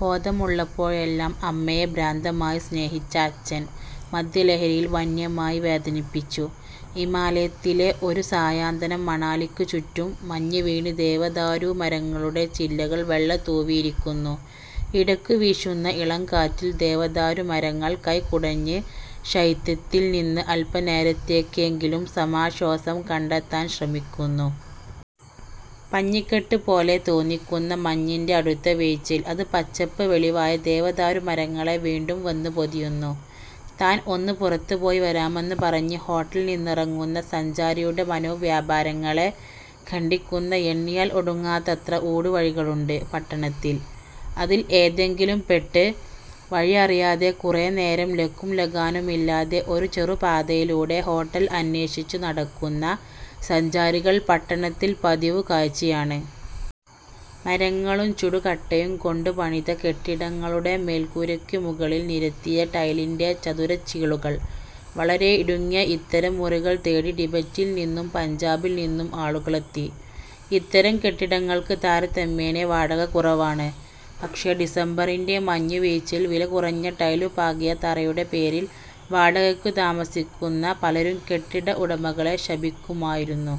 'ബോധമുള്ളപ്പോഴെല്ലാം അമ്മയെ ഭ്രാന്തമായി സ്നേഹിച്ച അച്ഛൻ, മദ്യലഹരിയിൽ വന്യമായി വേദനിപ്പിച്ചു... ' ഹിമാലയത്തിലെ ഒരു സായന്തനം മണാലിക്കു ചുറ്റും മഞ്ഞുവീണ് ദേവദാരു മരങ്ങളുടെ ചില്ലകൾ വെള്ള തൂവിയിരിക്കുന്നു. ഇടയ്ക്കു വീശുന്ന ഇളംകാറ്റിൽ ദേവദാരു മരങ്ങൾ കൈ കുടഞ്ഞ് ശൈത്യത്തിൽ നിന്ന് അല്പനേരത്തേക്കെങ്കിലും സമാശ്വാസം കണ്ടെത്താൻ ശ്രമിക്കുന്നു. പഞ്ഞിക്കെട്ടുപോലെ തോന്നിക്കുന്ന മഞ്ഞിന്റെ അടുത്ത വീഴ്ചയിൽ അത് പച്ചപ്പ് വെളിവായ ദേവദാരു മരങ്ങളെ വീണ്ടും വന്നുപൊതിയുന്നു. താൻ ഒന്നു പുറത്തുപോയി വരാമെന്നു പറഞ്ഞ് ഹോട്ടലിൽ നിന്നിറങ്ങുന്ന സഞ്ചാരിയുടെ മനോവ്യാപാരങ്ങളെ ഖണ്ഡിക്കുന്ന എണ്ണിയാൽ ഒടുങ്ങാത്തത്ര ഊടുവഴികളുണ്ട് പട്ടണത്തിൽ. അതിൽ ഏതിലെങ്കിലും പെട്ട് വഴിയറിയാതെ കുറേ നേരം ലക്കുംലഗാനുമില്ലാതെ ഒരു ചെറുപാതയിലൂടെ ഹോട്ടൽ അന്വേഷിച്ചു നടക്കുന്ന സഞ്ചാരികൾ പട്ടണത്തിൽ പതിവുകാഴ്ചയാണ്. മരങ്ങളും ചുടുകട്ടയും കൊണ്ടുപണിത കെട്ടിടങ്ങളുടെ മേൽക്കൂരയ്ക്കു മുകളിൽ നിരത്തിയ ടൈലിന്റെ ചതുരച്ചീളുകൾ. വളരെ ഇടുങ്ങിയ ഇത്തരം മുറികൾ തേടി ടിബറ്റിൽ നിന്നും പഞ്ചാബിൽ നിന്നും ആളുകളെത്തി. ഇത്തരം കെട്ടിടങ്ങൾക്ക് താരതമ്യേന വാടക കുറവാണ്. പക്ഷേ ഡിസംബറിന്റെ മഞ്ഞുവീഴ്ചയിൽ വിലകുറഞ്ഞ ടൈലു പാകിയ തറയുടെ പേരിൽ വാടകയ്ക്കു താമസിക്കുന്ന പലരും കെട്ടിട ഉടമകളെ ശപിക്കുമായിരുന്നു.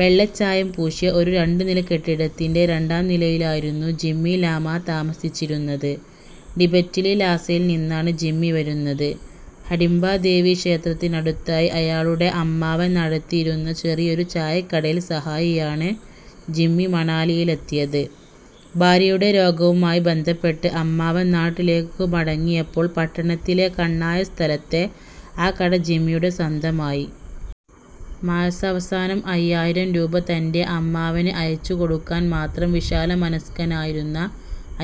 വെള്ളച്ചായം പൂശിയ ഒരു രണ്ടുനില കെട്ടിടത്തിന്റെ രണ്ടാംനിലയിലായിരുന്നു ജിമ്മി ലാമ താമസിച്ചിരുന്നത്. ടിബറ്റിലെ ലാസയിൽ നിന്നാണ് ജിമ്മി വരുന്നത്. ഹഡിംബ ദേവി ക്ഷേത്രത്തിനടുത്തായി അയാളുടെ അമ്മാവൻ നടത്തിയിരുന്ന ചെറിയൊരു ചായക്കടയിൽ സഹായിയാണ് ജിമ്മി മണാലിയിലെത്തിയത്. ഭാര്യയുടെ രോഗവുമായി ബന്ധപ്പെട്ട് അമ്മാവൻ നാട്ടിലേക്കു മടങ്ങിയപ്പോൾ പട്ടണത്തിലെ കണ്ണായ സ്ഥലത്തെ ആ കട ജിമ്മിയുടെ സ്വന്തമായി. മാസവസാനം അയ്യായിരം രൂപ തന്റെ അമ്മാവന് അയച്ചുകൊടുക്കാൻ മാത്രം വിശാലമനസ്കനായിരുന്ന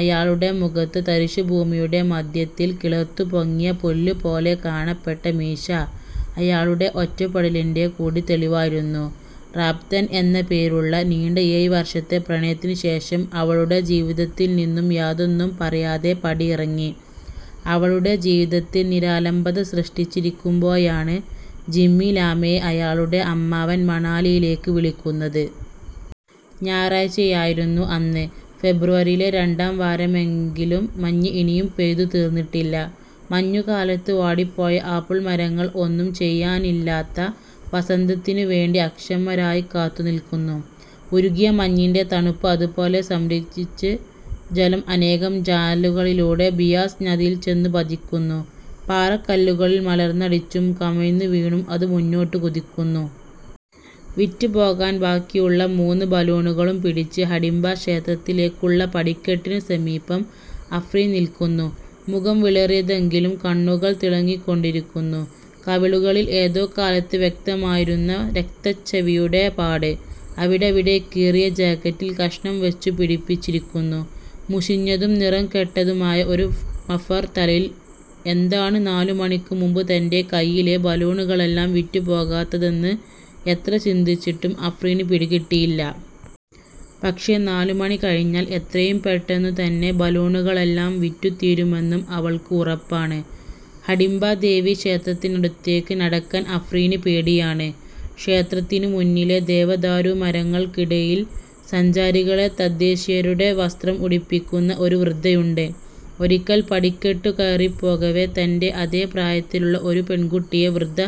അയാളുടെ മുഖത്ത്, തരിശുഭൂമിയുടെ മധ്യത്തിൽ കിളിർത്തുപൊങ്ങിയ പുല്ലുപോലെ കാണപ്പെട്ട മീശ അയാളുടെ ഒറ്റപ്പെടലിന്റെ കൂടി തെളിവായിരുന്നു. റാബ്തൻ എന്നുപേരുള്ള നീണ്ട എഴുവർഷത്തെ പ്രണയത്തിനുശേഷം അവളുടെ ജീവിതത്തിൽ നിന്ന് യാതൊന്നും പറയാതെ പടിയിറങ്ങി, അവളുടെ ജീവിതത്തിൽ നിരാലംബത സൃഷ്ടിച്ചിരിക്കുമ്പോഴാണ് ജിമ്മി ലാമയെ അയാളുടെ അമ്മാവൻ മണാലിയിലേക്ക് വിളിക്കുന്നത്. ഞായറാഴ്ചയായിരുന്നു അന്ന്. ഫെബ്രുവരിയിലെ രണ്ടാം വാരമെങ്കിലും മഞ്ഞ് ഇനിയും പെയ്തുതീർന്നിട്ടില്ല. മഞ്ഞുകാലത്ത് വാടിപ്പോയ ആപ്പിൾ മരങ്ങൾ ഒന്നും ചെയ്യാനില്ലാത്ത വസന്തത്തിനുവേണ്ടി അക്ഷമരായി കാത്തുനില്ക്കുന്നു. ഉരുകിയ മഞ്ഞിന്റെ തണുപ്പ് അതുപോലെ സംഭരിച്ച് ജലം അനേകം ചാലുകളിലൂടെ ബിയാസ് നദിയിൽ ചെന്നുപതിക്കുന്നു. പാറക്കല്ലുകളിൽ മലർന്നടിച്ചും കമിഴ്ന്നുവീണും അത് മുന്നോട്ടുകുതിക്കുന്നു. വിറ്റുപോകാൻ ബാക്കിയുള്ള മൂന്നു ബലൂണുകളും പിടിച്ച് ഹഡിംബ ക്ഷേത്രത്തിലേക്കുള്ള പടിക്കെട്ടിനു സമീപം അഫ്രീൻ നില്ക്കുന്നു. മുഖം വിളറിയതെങ്കിലും കണ്ണുകൾ തിളങ്ങികൊണ്ടിരിക്കുന്നു. കവിളുകളിൽ ഏതോ കാലത്ത് വ്യക്തമായിരുന്ന രക്തച്ഛവിയുടെ പാട്. അവിടവിടെ കീറിയ ജാക്കറ്റിൽ കഷ്ണം വച്ചു പിടിപ്പിച്ചിരിക്കുന്നു. മുഷിഞ്ഞതും നിറംകെട്ടതുമായ ഒരു മഫ്ലർ തലയിൽ. എന്താണ് നാലുമണിക്ക് മുമ്പ് തന്റെ കൈയിലെ ബലൂണുകളെല്ലാം വിറ്റുപോകാത്തതെന്ന് എത്ര ചിന്തിച്ചിട്ടും അഫ്രീന് പിടികിട്ടിയില്ല. പക്ഷേ നാലുമണി കഴിഞ്ഞാൽ എത്രയുംപെട്ടെന്നു തന്നെ ബലൂണുകളെല്ലാം വിറ്റുതീരുമെന്ന് അവൾക്ക് ഉറപ്പാണ്. ഹഡിംബ ദേവി ക്ഷേത്രത്തിനടുത്തേക്ക് നടക്കാൻ അഫ്രീന് പേടിയാണ്. ക്ഷേത്രത്തിനു മുന്നിലെ ദേവദാരു മരങ്ങൾക്കിടയിൽ സഞ്ചാരികളെ തദ്ദേശീയരുടെ വസ്ത്രം ഉടുപ്പിക്കുന്ന ഒരു വൃദ്ധയുണ്ട്. ഒരിക്കൽ പടിക്കെട്ടു കയറിപ്പോകവേ തന്റെ അതേ പ്രായത്തിലുള്ള ഒരു പെൺകുട്ടിയെ വൃദ്ധ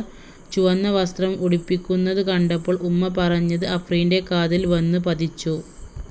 ചുവന്നവസ്ത്രം ഉടുപ്പിക്കുന്നതു കണ്ടപ്പോൾ ഉമ്മ പറഞ്ഞത് അഫ്രീന്റെ കാതിൽ വന്നുപതിച്ചു.